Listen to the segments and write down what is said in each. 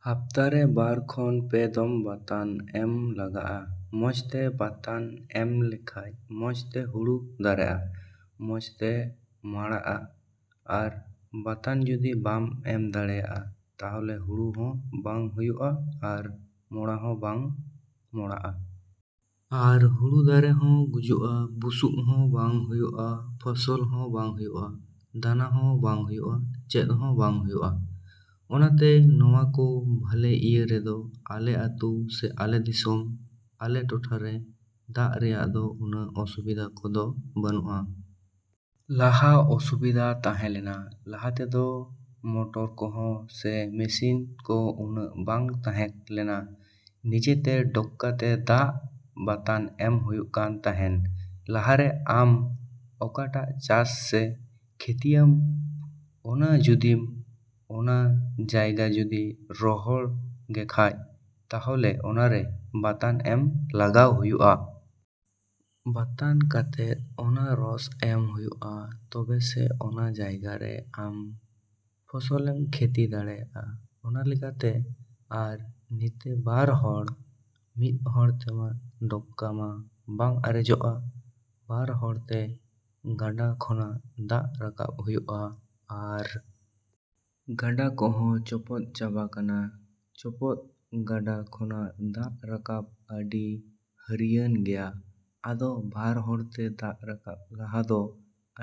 ᱦᱟᱯᱛᱟᱨᱮ, ᱵᱟᱨ ᱠᱷᱚᱱ ᱯᱮ ᱫᱚᱢ ᱵᱟᱛᱟᱱ ᱮᱢ ᱞᱟᱜᱟᱜᱼᱟ᱾ ᱢᱚᱡᱽ ᱛᱮ ᱵᱟᱛᱟᱱ ᱮᱢ ᱞᱮᱠᱷᱟᱡ ᱢᱚᱡᱽ ᱛᱮ ᱦᱩᱲᱩ ᱫᱟᱨᱮᱜᱼᱟ, ᱢᱚᱡᱽ ᱛᱮ ᱢᱚᱲᱟᱜᱼᱟ᱾ ᱟᱨ ᱵᱟᱛᱟᱱ ᱡᱩᱫᱤ ᱵᱟᱢ ᱮᱢ ᱫᱟᱲᱮᱭᱟᱜᱼᱟ ᱛᱟᱦᱚᱞᱮ ᱦᱩᱲᱩ ᱦᱚᱸ ᱵᱟᱝ ᱦᱩᱭᱩᱜᱼᱟ ᱟᱨ ᱢᱚᱲᱟ ᱦᱚᱸ ᱵᱟᱝ ᱢᱚᱲᱟᱜᱼᱟ᱾ ᱟᱨ ᱦᱩᱲᱩ ᱫᱟᱨᱮ ᱦᱚᱸ ᱜᱩᱡᱩᱜᱼᱟ, ᱵᱩᱥᱩᱵ ᱦᱚᱸ ᱵᱟᱝ ᱦᱩᱭᱩᱜᱼᱟ, ᱯᱷᱚᱥᱚᱞ ᱦᱚᱸ ᱵᱟᱝ ᱦᱩᱭᱩᱜᱼᱟ, ᱫᱟᱱᱟ ᱦᱚᱸ ᱵᱟᱝ ᱦᱩᱭᱩᱜᱼᱟ, ᱪᱮᱫ ᱦᱚᱸ ᱵᱟᱝ ᱦᱩᱭᱩᱜᱼᱟ᱾ ᱚᱱᱟᱛᱮ ᱱᱚᱣᱟ ᱠᱚ ᱵᱷᱟᱞᱮ, ᱤᱭᱟᱹ ᱨᱮᱫᱚ, ᱟᱞᱮ ᱟᱹᱛᱩ ᱥᱮ ᱟᱞᱮ ᱫᱤᱥᱚᱢ, ᱟᱞᱮ ᱴᱚᱴᱷᱟ ᱨᱮ ᱫᱟᱜ ᱨᱮᱭᱟᱜ ᱫᱚ ᱩᱱᱟᱹᱜ ᱚᱥᱩᱵᱤᱫᱷᱟ ᱠᱚᱫᱚ ᱵᱟᱹᱱᱩᱜᱼᱟ᱾ ᱞᱟᱦᱟ ᱚᱥᱤᱵᱤᱫᱷᱟ ᱛᱟᱦᱮᱸ ᱞᱮᱱᱟ, ᱞᱟᱦᱟ ᱛᱮᱫᱚ ᱢᱚᱴᱚᱨ ᱠᱚᱦᱚᱸ ᱥᱮ ᱢᱮᱥᱤᱱ ᱠᱚ ᱩᱱᱟᱹᱜ ᱵᱟᱝ ᱛᱟᱦᱮᱸ ᱞᱮᱱᱟ᱾ ᱱᱤᱡᱮ ᱛᱮ ᱰᱚᱠᱠᱟ ᱛᱮ ᱫᱟᱜ ᱵᱟᱛᱟᱱ ᱮᱢ ᱦᱩᱭᱩᱜ ᱠᱟᱱ ᱛᱟᱦᱮᱸᱱ᱾ ᱞᱟᱦᱟᱨᱮ ᱟᱢ ᱚᱠᱟᱴᱟᱜ ᱪᱟᱥ ᱥᱮ ᱠᱷᱮᱛᱤᱭᱟᱢ, ᱚᱱᱟ ᱡᱩᱫᱤᱢ, ᱚᱱᱟ ᱡᱟᱭᱜᱟ ᱡᱩᱫᱤ ᱨᱚᱦᱚᱲ ᱜᱮᱠᱷᱟᱡ ᱛᱟᱦᱚᱞᱮ ᱚᱱᱟᱨᱮ ᱵᱟᱛᱟᱱ ᱮᱢ ᱞᱟᱜᱟᱣ ᱦᱩᱭᱩᱜᱼᱟ᱾ ᱵᱟᱛᱟᱱ ᱠᱟᱛᱮᱫ ᱚᱱᱟ ᱨᱚᱥ ᱮᱢ ᱦᱩᱭᱩᱜᱼᱟ ᱛᱚᱵᱮ ᱥᱮ ᱚᱱᱟ ᱡᱟᱭᱜᱟ ᱨᱮ ᱟᱢ ᱯᱷᱚᱥᱚᱞᱮᱢ ᱠᱷᱮᱛᱤ ᱫᱟᱲᱮᱭᱟᱜᱼᱟ᱾ ᱚᱱᱟ ᱞᱮᱠᱟᱛᱮ ᱟᱨ ᱛᱤᱛᱮ ᱵᱟᱨ ᱦᱚᱲ, ᱢᱤᱫ ᱦᱚᱲ ᱛᱮᱢᱟ ᱰᱚᱠᱠᱟ ᱢᱟ ᱵᱟᱝ ᱟᱨᱮᱡᱚᱜᱼᱟ᱾ ᱵᱟᱨ ᱦᱚᱲ ᱛᱮ ᱜᱟᱰᱟ ᱠᱷᱚᱱᱟᱜ, ᱫᱟᱜ ᱨᱟᱠᱟᱵ ᱦᱩᱭᱩᱜ ᱟ ᱾ᱟᱨ ᱜᱟᱰᱟ ᱠᱚᱦᱚ ᱪᱚᱯᱚᱫ ᱪᱟᱵᱟ ᱠᱟᱱᱟ᱾ ᱪᱚᱯᱚᱫ ᱜᱟᱰᱟ ᱠᱷᱚᱱᱟᱜ ᱫᱟᱜ ᱨᱟᱠᱟᱵ ᱟᱹᱰᱤ ᱦᱟᱹᱨᱭᱟᱹᱱ ᱜᱮᱭᱟ᱾ ᱟᱫᱚ ᱵᱟᱨ ᱦᱚᱲ ᱛᱮ ᱫᱟᱜ ᱨᱟᱠᱟᱵ ᱞᱟᱦᱟ ᱫᱚ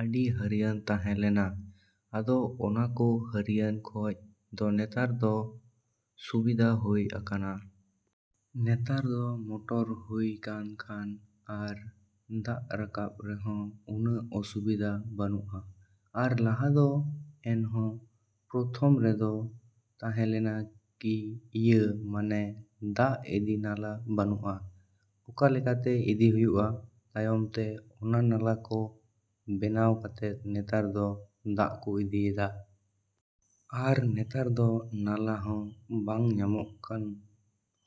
ᱟᱹᱰᱤ ᱦᱟᱹᱨᱭᱟᱹᱱ ᱛᱟᱦᱮᱸ ᱞᱮᱱᱟ᱾ ᱟᱫᱚ ᱚᱱᱟ ᱠᱚ ᱦᱟᱹᱨᱭᱟᱹᱱ ᱠᱷᱚᱡ ᱫᱚ ᱱᱮᱛᱟᱨ ᱫᱚ ᱥᱩᱵᱤᱫᱷᱟ ᱦᱩᱭ ᱟᱠᱟᱱᱟ᱾ ᱱᱮᱛᱟᱨ ᱫᱚ ᱢᱚᱴᱚᱨ ᱦᱩᱭ ᱠᱟᱱ ᱠᱷᱟᱱ ᱟᱨ ᱫᱟᱜ ᱨᱟᱠᱟᱵ ᱨᱮᱦᱚᱸ ᱩᱱᱟᱹᱜ ᱚᱥᱩᱵᱤᱫᱷᱟ ᱵᱟᱹᱱᱩᱜᱼᱟ᱾ ᱟᱨ ᱞᱟᱦᱟ ᱫᱚ ᱮᱱᱦᱚᱸ ᱯᱨᱚᱛᱷᱚᱢ ᱨᱮᱫᱚ ᱛᱟᱦᱮᱸ ᱞᱮᱱᱟ ᱠᱤ ᱤᱭᱟᱹ ᱢᱟᱱᱮ ᱫᱟᱜ ᱤᱫᱤ ᱱᱟᱞᱟ ᱵᱟᱹᱱᱩᱜᱼᱟ, ᱚᱠᱟ ᱞᱮᱠᱟᱛᱮ ᱤᱫᱤ ᱦᱩᱭᱩᱜᱼᱟ᱾ ᱛᱟᱭᱚᱢ ᱛᱮ ᱚᱱᱟ ᱱᱟᱞᱟ ᱠᱚ ᱵᱮᱱᱟᱣ ᱠᱟᱛᱮᱫ ᱱᱮᱛᱟᱨ ᱫᱚ ᱫᱟᱜ ᱠᱚ ᱤᱫᱤᱭᱮᱫᱟ᱾ ᱟᱨ ᱱᱮᱛᱟᱨ ᱫᱚ ᱱᱟᱞᱟ ᱦᱚᱸ ᱵᱟᱝ ᱧᱟᱢᱚᱜ ᱠᱷᱟᱱ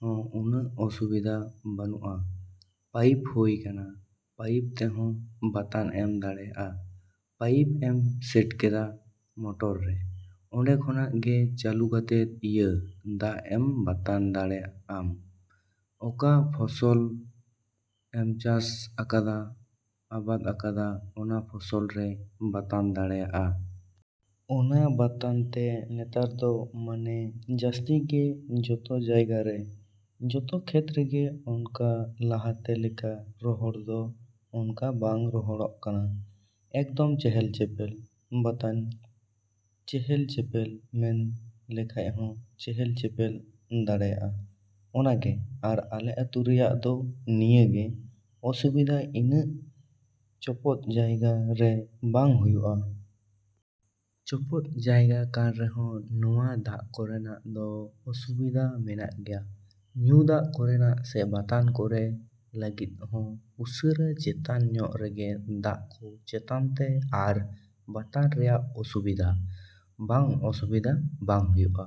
ᱦᱚᱸ ᱩᱱᱟᱹᱜ ᱚᱥᱩᱵᱤᱫᱷᱟ ᱵᱟᱹᱱᱩᱜᱼᱟ, ᱯᱟᱭᱤᱯ ᱦᱩᱭ ᱠᱟᱱᱟ᱾ ᱯᱟᱭᱤᱯ ᱛᱮᱦᱚᱸ ᱵᱟᱛᱟᱱ ᱮᱢ ᱫᱟᱲᱮᱟᱜᱼᱟ᱾ ᱯᱟᱭᱤᱯ ᱮᱢ ᱥᱮᱴ ᱠᱮᱫᱟ ᱢᱚᱴᱚᱨ ᱨᱮ, ᱚᱸᱰᱮ ᱠᱷᱚᱱᱟᱜ ᱜᱮ ᱪᱟᱹᱞᱩ ᱠᱟᱛᱮᱜ ᱤᱭᱟᱹ ᱫᱟᱜ ᱮᱢ ᱵᱟᱛᱟᱱ ᱫᱟᱲᱮᱜᱼᱟᱢ ᱚᱠᱟ ᱯᱷᱚᱥᱚᱞ ᱮᱢ ᱪᱟᱥ ᱟᱠᱟᱫᱟ, ᱟᱵᱟᱫ ᱟᱠᱟᱫᱟ ᱚᱱᱟ ᱯᱷᱚᱥᱚᱞ ᱨᱮ ᱵᱟᱛᱟᱱ ᱫᱟᱲᱮᱭᱟᱜᱼᱟ᱾ ᱚᱱᱟ ᱵᱟᱛᱟᱱ ᱛᱮ ᱱᱮᱛᱟᱨ ᱫᱚ ᱢᱟᱱᱮ ᱡᱟᱹᱥᱛᱤ ᱜᱮ ᱡᱚᱛᱚ ᱡᱟᱭᱜᱟ ᱨᱮ, ᱡᱚᱛᱚ ᱠᱷᱮᱛ ᱨᱮᱜᱮ ᱚᱱᱠᱟ ᱞᱟᱦᱟᱛᱮ ᱞᱮᱠᱟ ᱨᱚᱦᱚᱲ ᱫᱚ ᱚᱱᱠᱟ ᱵᱟᱝ ᱨᱚᱦᱚᱲᱚᱜ ᱠᱟᱱᱟ᱾ ᱮᱠᱫᱚᱢ ᱪᱮᱦᱮᱞᱼᱪᱮᱯᱮᱞ, ᱵᱟᱛᱟᱱ ᱪᱮᱦᱮᱞᱼᱪᱮᱯᱮᱞ ᱢᱮᱱ ᱞᱮᱠᱷᱟᱡ ᱦᱚᱸ ᱪᱮᱦᱮᱞᱼᱪᱮᱯᱮᱞ ᱫᱟᱲᱮᱭᱟᱜᱼᱟ᱾ ᱚᱱᱟ ᱜᱮ, ᱟᱨ ᱟᱞᱮ ᱟᱹᱛᱩ ᱨᱮᱭᱟᱜ ᱫᱚ ᱱᱤᱭᱟᱹ ᱜᱮ ᱚᱥᱩᱵᱤᱫᱷᱟ ᱤᱱᱟᱹᱜ ᱪᱚᱯᱚᱫ ᱡᱟᱭᱜᱟ ᱨᱮ ᱵᱟᱝ ᱦᱩᱭᱩᱜᱼᱟ᱾ ᱪᱚᱯᱚᱫ ᱡᱟᱭᱜᱟ ᱠᱟᱱ ᱨᱮᱦᱚᱸ ᱱᱚᱣᱟ ᱫᱟᱜ ᱠᱚᱨᱮᱱᱟᱜ ᱫᱚ ᱚᱥᱩᱵᱤᱫᱷᱟ ᱢᱮᱱᱟᱜ ᱜᱮᱭᱟ ᱧᱩ ᱫᱟᱜ ᱠᱚᱨᱮᱱᱟᱜ ᱥᱮ ᱵᱟᱛᱟᱱ ᱠᱚᱨᱮ ᱞᱟᱹᱜᱤᱫ ᱦᱚᱸ ᱩᱥᱟᱹᱨᱟ ᱪᱮᱛᱟᱱ ᱧᱚᱜ ᱨᱮᱜᱮ ᱫᱟᱜ ᱠᱚ ᱪᱮᱛᱟᱱ ᱛᱮ ᱟᱨ ᱵᱟᱛᱟᱱ ᱨᱮᱭᱟᱜ ᱥᱩᱵᱤᱫᱷᱟ, ᱵᱟᱝ ᱚᱥᱩᱵᱤᱫᱷᱟ ᱵᱟᱝ ᱦᱩᱭᱩᱜᱼᱟ᱾